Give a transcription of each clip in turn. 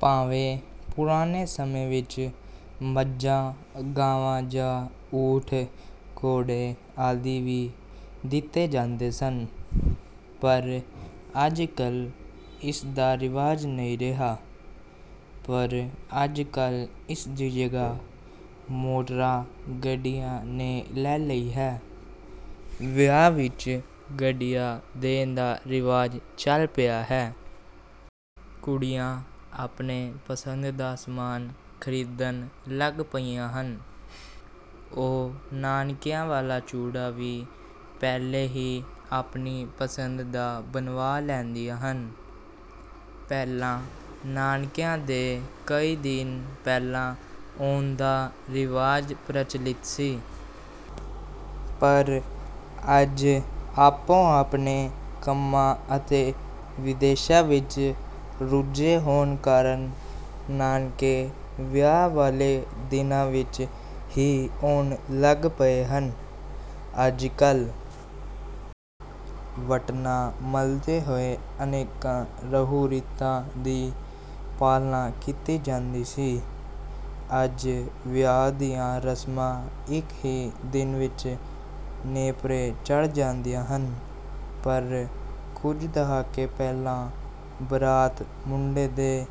ਭਾਵੇਂ ਪੁਰਾਣੇ ਸਮੇਂ ਵਿੱਚ ਮੱਝਾਂ-ਗਾਵਾਂ ਜਾਂ ਊਠ, ਘੋੜੇ ਆਦਿ ਵੀ ਦਿੱਤੇ ਜਾਂਦੇ ਸਨ, ਪਰ ਅੱਜਕੱਲ੍ਹ ਇਸ ਦਾ ਰਿਵਾਜ ਨਹੀਂ ਰਿਹਾ। ਪਰ ਅੱਜਕੱਲ੍ਹ ਇਸ ਦੀ ਜਗ੍ਹਾ ਮੋਟਰਾਂ-ਗੱਡੀਆਂ ਨੇ ਲੈ ਲਈ ਹੈ। ਵਿਆਹ ਵਿੱਚ ਗੱਡੀਆਂ ਦੇਣ ਦਾ ਰਿਵਾਜ ਚੱਲ ਪਿਆ ਹੈ। ਕੁੜੀਆਂ ਆਪਣੇ ਪਸੰਦ ਦਾ ਸਮਾਨ ਖਰੀਦਣ ਲੱਗ ਪਈਆਂ ਹਨ। ਉਹ ਨਾਨਕਿਆਂ ਵਾਲਾ ਚੂੜਾ ਵੀ ਪਹਿਲਾਂ ਹੀ ਆਪਣੀ ਪਸੰਦ ਦਾ ਬਣਵਾ ਲੈਂਦੀਆਂ ਹਨ। ਪਹਿਲਾਂ ਨਾਨਕਿਆਂ ਦੇ ਕਈ ਦਿਨ ਪਹਿਲਾਂ ਆਉਣ ਦਾ ਰਿਵਾਜ ਪ੍ਰਚਲਿਤ ਸੀ, ਪਰ ਅੱਜ ਆਪੋ-ਆਪਣੇ ਕੰਮਾਂ ਅਤੇ ਵਿਦੇਸ਼ਾਂ ਵਿੱਚ ਰੁੱਝੇ ਹੋਣ ਕਾਰਨ ਨਾਨਕੇ ਵਿਆਹ ਵਾਲੇ ਦਿਨਾਂ ਵਿੱਚ ਹੀ ਆਉਣ ਲੱਗ ਪਏ ਹਨ। ਅੱਜਕੱਲ੍ਹ ਵਟਣਾ ਮਲਦੇ ਹੋਏ ਅਨੇਕਾਂ ਰਹੁ-ਰੀਤਾਂ ਦੀ ਪਾਲਣਾ ਕੀਤੀ ਜਾਂਦੀ ਸੀ। ਅੱਜ ਵਿਆਹ ਦੀਆਂ ਰਸਮਾਂ ਇੱਕ ਹੀ ਦਿਨ ਵਿੱਚ ਨੇਪਰੇ ਚੜ੍ਹ ਜਾਂਦੀਆਂ ਹਨ, ਪਰ ਕੁਝ ਦਹਾਕੇ ਪਹਿਲਾਂ ਬਰਾਤ ਮੁੰਡੇ ਦੇ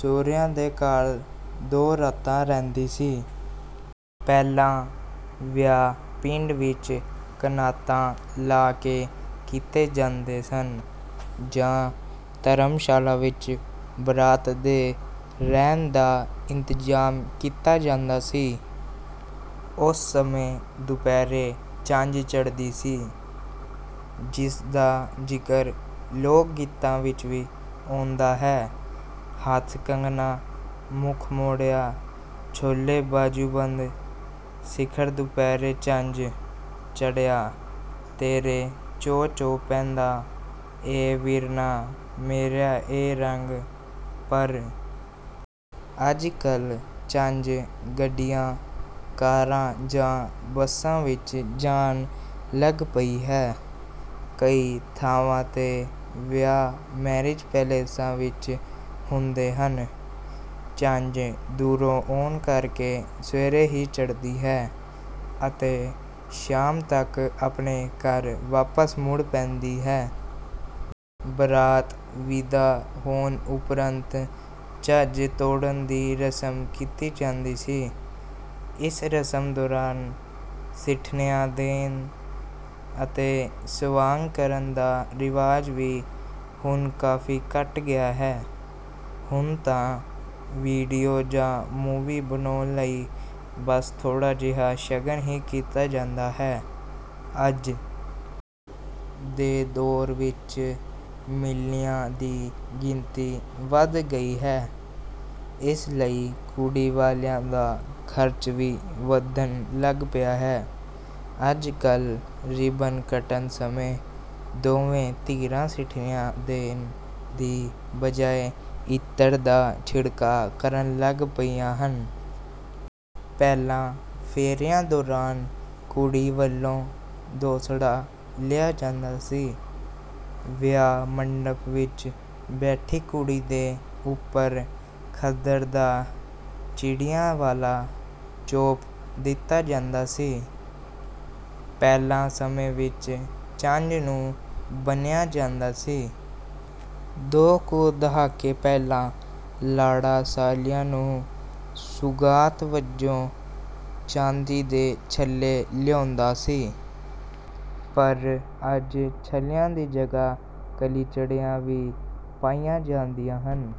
ਸਹੁਰਿਆਂ ਦੇ ਘਰ ਦੋ ਰਾਤਾਂ ਰਹਿੰਦੀ ਸੀ। ਪਹਿਲਾਂ ਵਿਆਹ ਪਿੰਡ ਵਿੱਚ ਕਨਾਤਾਂ ਲਾ ਕੇ ਕੀਤੇ ਜਾਂਦੇ ਸਨ ਜਾਂ ਧਰਮਸ਼ਾਲਾ ਵਿੱਚ ਬਰਾਤ ਦੇ ਰਹਿਣ ਦਾ ਇੰਤਜ਼ਾਮ ਕੀਤਾ ਜਾਂਦਾ ਸੀ। ਉਸ ਸਮੇਂ ਦੁਪਹਿਰੇ ਜੰਝ ਚੜ੍ਹਦੀ ਸੀ, ਜਿਸ ਦਾ ਜ਼ਿਕਰ ਲੋਕ-ਗੀਤਾਂ ਵਿੱਚ ਵੀ ਆਉਂਦਾ ਹੈ ਹੱਥ ਕੰਗਣਾ ਮੁੱਖ ਮੋਹਿੜਾ, ਛੋਲੇ ਬਾਜੂਬੰਦ, ਸਿਖਰ ਦੁਪਹਿਰੇ ਜੰਝ ਚੜ੍ਹਿਆ, ਤੇਰੇ ਚੋਅ-ਚੋਅ ਪੈਂਦਾ, ਏ ਵੀਰਨਾ ਮੇਰਿਆ ਏ ਰੰਗ। ਪਰ ਅੱਜਕੱਲ੍ਹ ਜੰਝ ਗੱਡੀਆਂ, ਕਾਰਾਂ ਜਾਂ ਬੱਸਾਂ ਵਿੱਚ ਜਾਣ ਲੱਗ ਪਈ ਹੈ। ਕਈ ਥਾਵਾਂ ’ਤੇ ਵਿਆਹ ਮੈਰਿਜ ਪੈਲੇਸਾਂ ਵਿੱਚ ਹੁੰਦੇ ਹਨ। ਜੰਝ ਦੂਰੋਂ ਆਉਣ ਕਰਕੇ ਸਵੇਰੇ ਹੀ ਚੜ੍ਹਦੀ ਹੈ ਅਤੇ ਸ਼ਾਮ ਤੱਕ ਆਪਣੇ ਘਰ ਵਾਪਸ ਮੁੜ ਪੈਂਦੀ ਹੈ। ਬਰਾਤ ਵਿਦਾ ਹੋਣ ਉਪਰੰਤ ਛੱਜ ਤੋੜਨ ਦੀ ਰਸਮ ਕੀਤੀ ਜਾਂਦੀ ਸੀ। ਇਸ ਰਸਮ ਦੌਰਾਨ ਸਿੱਠਣੀਆਂ ਦੇਣ ਅਤੇ ਸਵਾਂਗ ਕਰਨ ਦਾ ਰਿਵਾਜ ਵੀ ਹੁਣ ਕਾਫ਼ੀ ਘੱਟ ਗਿਆ ਹੈ। ਹੁਣ ਤਾਂ ਵੀਡੀਓ ਜਾਂ ਮੂਵੀ ਬਣਾਉਣ ਲਈ ਬਸ ਥੋੜ੍ਹਾ ਜਿਹਾ ਸ਼ਗਨ ਹੀ ਕੀਤਾ ਜਾਂਦਾ ਹੈ। ਅੱਜ ਦੇ ਦੌਰ ਵਿੱਚ ਮਿਲਣੀਆਂ ਦੀ ਗਿਣਤੀ ਵੱਧ ਗਈ ਹੈ, ਇਸ ਲਈ ਕੁੜੀ ਵਾਲਿਆਂ ਦਾ ਖ਼ਰਚ ਵੀ ਵਧਣ ਲੱਗ ਪਿਆ ਹੈ। ਅੱਜਕੱਲ੍ਹ ਰੀਬਨ ਕੱਟਣ ਸਮੇਂ ਦੋਵੇਂ ਧਿਰਾਂ ਸਿੱਠਣੀਆਂ ਦੇਣ ਦੀ ਬਜਾਇ ਇਤਰ ਦਾ ਛਿੜਕਾਅ ਕਰਨ ਲੱਗ ਪਈਆਂ ਹਨ। ਪਹਿਲਾਂ ਫੇਰਿਆਂ ਦੌਰਾਨ ਕੁੜੀ ਵੱਲੋਂ ਦੋਸੜਾ ਲਿਆ ਜਾਂਦਾ ਸੀ। ਵਿਆਹ ਮੰਡਪ ਵਿੱਚ ਬੈਠੀ ਕੁੜੀ ਦੇ ਉੱਪਰ ਖੱਦਰ ਦਾ ਚਿੜੀਆਂ ਵਾਲਾ ਚੋਪ ਦਿੱਤਾ ਜਾਂਦਾ ਸੀ। ਪਹਿਲਾਂ ਸਮੇਂ ਵਿੱਚ ਜੰਝ ਨੂੰ ਬੰਨ੍ਹਿਆ ਜਾਂਦਾ ਸੀ। ਦੋ ਕੁ ਦਹਾਕੇ ਪਹਿਲਾਂ ਲਾੜਾ ਸਾਲੀਆਂ ਨੂੰ ਸੁਗਾਤ ਵਜੋਂ ਚਾਂਦੀ ਦੇ ਛੱਲੇ ਲਿਆਉਂਦਾ ਸੀ, ਪਰ ਅੱਜ ਛੱਲਿਆਂ ਦੀ ਜਗ੍ਹਾ ਕਲੀਚੜੀਆਂ ਵੀ ਪਾਈਆਂ ਜਾਂਦੀਆਂ ਹਨ।